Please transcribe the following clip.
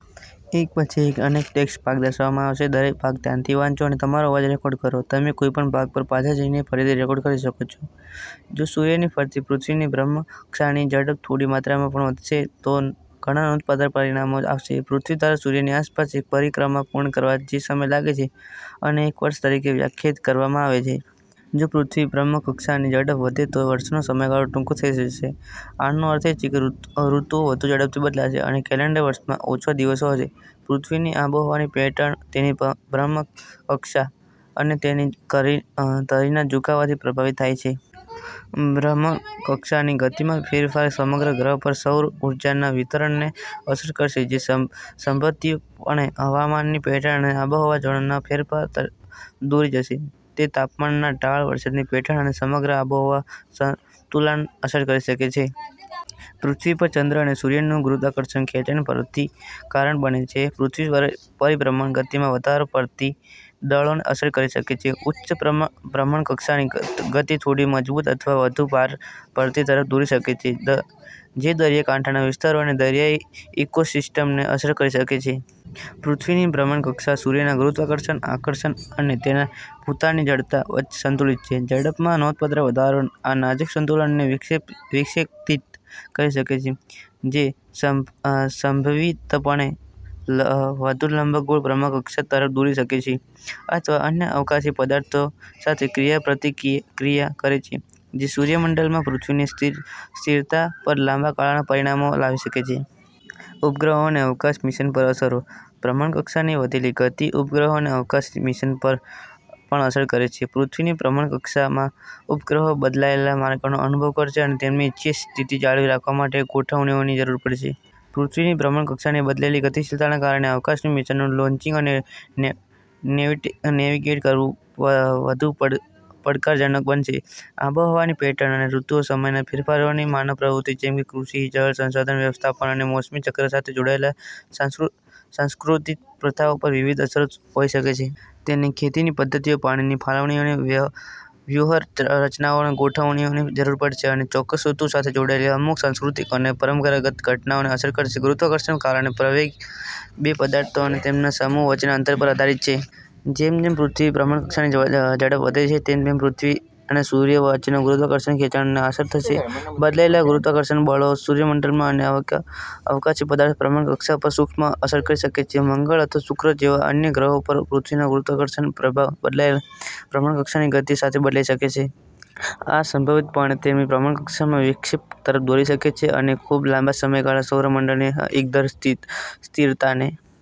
જો સૂર્યની ફરતે પૃથ્વીની ભ્રમણકક્ષાની ઝડપ થોડી માત્રામાં પણ વધશે, તો ઘણા નોંધપાત્ર પરિણામો આવશે: પૃથ્વી દ્વારા સૂર્યની આસપાસ એક પરિક્રમા પૂર્ણ કરવામાં જે સમય લાગે છે તેને એક વર્ષ તરીકે વ્યાખ્યાયિત કરવામાં આવે છે. જો પૃથ્વીની ભ્રમણકક્ષાની ઝડપ વધે તો વર્ષનો સમયગાળો ટૂંકો થઈ જશે. આનો અર્થ એ છે કે ઋતુઓ વધુ ઝડપથી બદલાશે, અને કેલેન્ડર વર્ષમાં ઓછા દિવસો હશે. પૃથ્વીની આબોહવાની પેટર્ન તેની ભ્રમણકક્ષા અને તેની ધરીના ઝુકાવથી પ્રભાવિત થાય છે. ભ્રમણકક્ષાની ગતિમાં ફેરફાર સમગ્ર ગ્રહ પર સૌર ઊર્જાના વિતરણને અસર કરશે, જે સંભવિતપણે હવામાનની પેટર્ન અને આબોહવા ઝોનમાં ફેરફાર તરફ દોરી જશે. તે તાપમાનના ઢાળ, વરસાદની પેટર્ન અને સમગ્ર આબોહવા સમતુલાને અસર કરી શકે છે. પૃથ્વી પર ચંદ્ર અને સૂર્યનું ગુરુત્વાકર્ષણ ખેંચાણ ભરતીનું કારણ બને છે. પૃથ્વીની પરિભ્રમણ ગતિમાં વધારો ભરતી દળોને અસર કરી શકે છે. ઉચ્ચ ભ્રમણકક્ષાની ગતિ થોડી મજબૂત અથવા વધુ ભારે ભરતી તરફ દોરી શકે છે, જે દરિયાકાંઠાના વિસ્તારો અને દરિયાઇ ઇકોસિસ્ટમને અસર કરી શકે છે. પૃથ્વીની ભ્રમણકક્ષા સૂર્યના ગુરુત્વાકર્ષણ આકર્ષણ અને તેની પોતાની જડતા વચ્ચે સંતુલિત છે. ઝડપમાં નોંધપાત્ર વધારો આ નાજુક સંતુલનને વિક્ષેપિત કરી શકે છે, જે સંભવિતપણે વધુ લંબગોળ ભ્રમણકક્ષા તરફ દોરી શકે છે અથવા અન્ય અવકાશી પદાર્થો સાથે ક્રિયાપ્રતિક્રિયા કરે છે, જે સૂર્યમંડળમાં પૃથ્વીની સ્થિરતા પર લાંબા ગાળાના પરિણામો લાવી શકે છે. ઉપગ્રહો અને અવકાશ મિશન પર અસરો: ભ્રમણકક્ષાની વધેલી ગતિ ઉપગ્રહો અને અવકાશ મિશન પર પણ અસર કરશે. પૃથ્વીની ભ્રમણકક્ષામાં ઉપગ્રહો બદલાયેલા માર્ગનો અનુભવ કરશે અને તેમની ઇચ્છિત સ્થિતિ જાળવી રાખવા માટે ગોઠવણોની જરૂર પડશે. પૃથ્વીની ભ્રમણકક્ષાની બદલાયેલી ગતિશીલતાને કારણે અવકાશ મિશનનું લોન્ચિંગ અને નેવિગેટ કરવું વધુ પડકારજનક બનશે. આબોહવાની પેટર્ન અને ઋતુઓના સમયના ફેરફારોની માનવ પ્રવૃત્તિઓ જેમ કે કૃષિ, જળ સંસાધન વ્યવસ્થાપન અને મોસમી ચક્ર સાથે જોડાયેલ સાંસ્કૃતિક પ્રથાઓ પર વિવિધ અસરો હોઈ શકે છે. તેને ખેતીની પદ્ધતિઓ, પાણીની ફાળવણીની વ્યૂહરચનાઓમાં ગોઠવણોની જરૂર પડશે અને ચોક્કસ ઋતુઓ સાથે જોડાયેલી અમુક સાંસ્કૃતિક અને પરંપરાગત ઘટનાઓને અસર કરશે. ગુરુત્વાકર્ષણના કારણે પ્રવેગક બે પદાર્થો અને તેમના સમૂહ વચ્ચેના અંતર પર આધારિત છે. જેમ જેમ પૃથ્વીની ભ્રમણકક્ષાની ઝડપ વધે છે તેમ તેમ પૃથ્વી અને સૂર્ય વચ્ચેના ગુરુત્વાકર્ષણ ખેંચાણને અસર થશે. બદલાયેલ ગુરુત્વાકર્ષણ બળો સૂર્યમંડળમાં અન્ય અવકાશી પદાર્થોની ભ્રમણકક્ષા પર સૂક્ષ્મ અસર કરી શકે છે. મંગળ અથવા શુક્ર જેવા અન્ય ગ્રહો પર પૃથ્વીનો ગુરુત્વાકર્ષણ પ્રભાવ બદલાયેલ ભ્રમણકક્ષાની ગતિ સાથે બદલાઈ શકે છે. આ સંભવિતપણે તેમની ભ્રમણકક્ષામાં વિક્ષેપ તરફ દોરી શકે છે અને ખૂબ લાંબા સમયકાળમાં સૌરમંડળની એકંદર સ્થિરતાને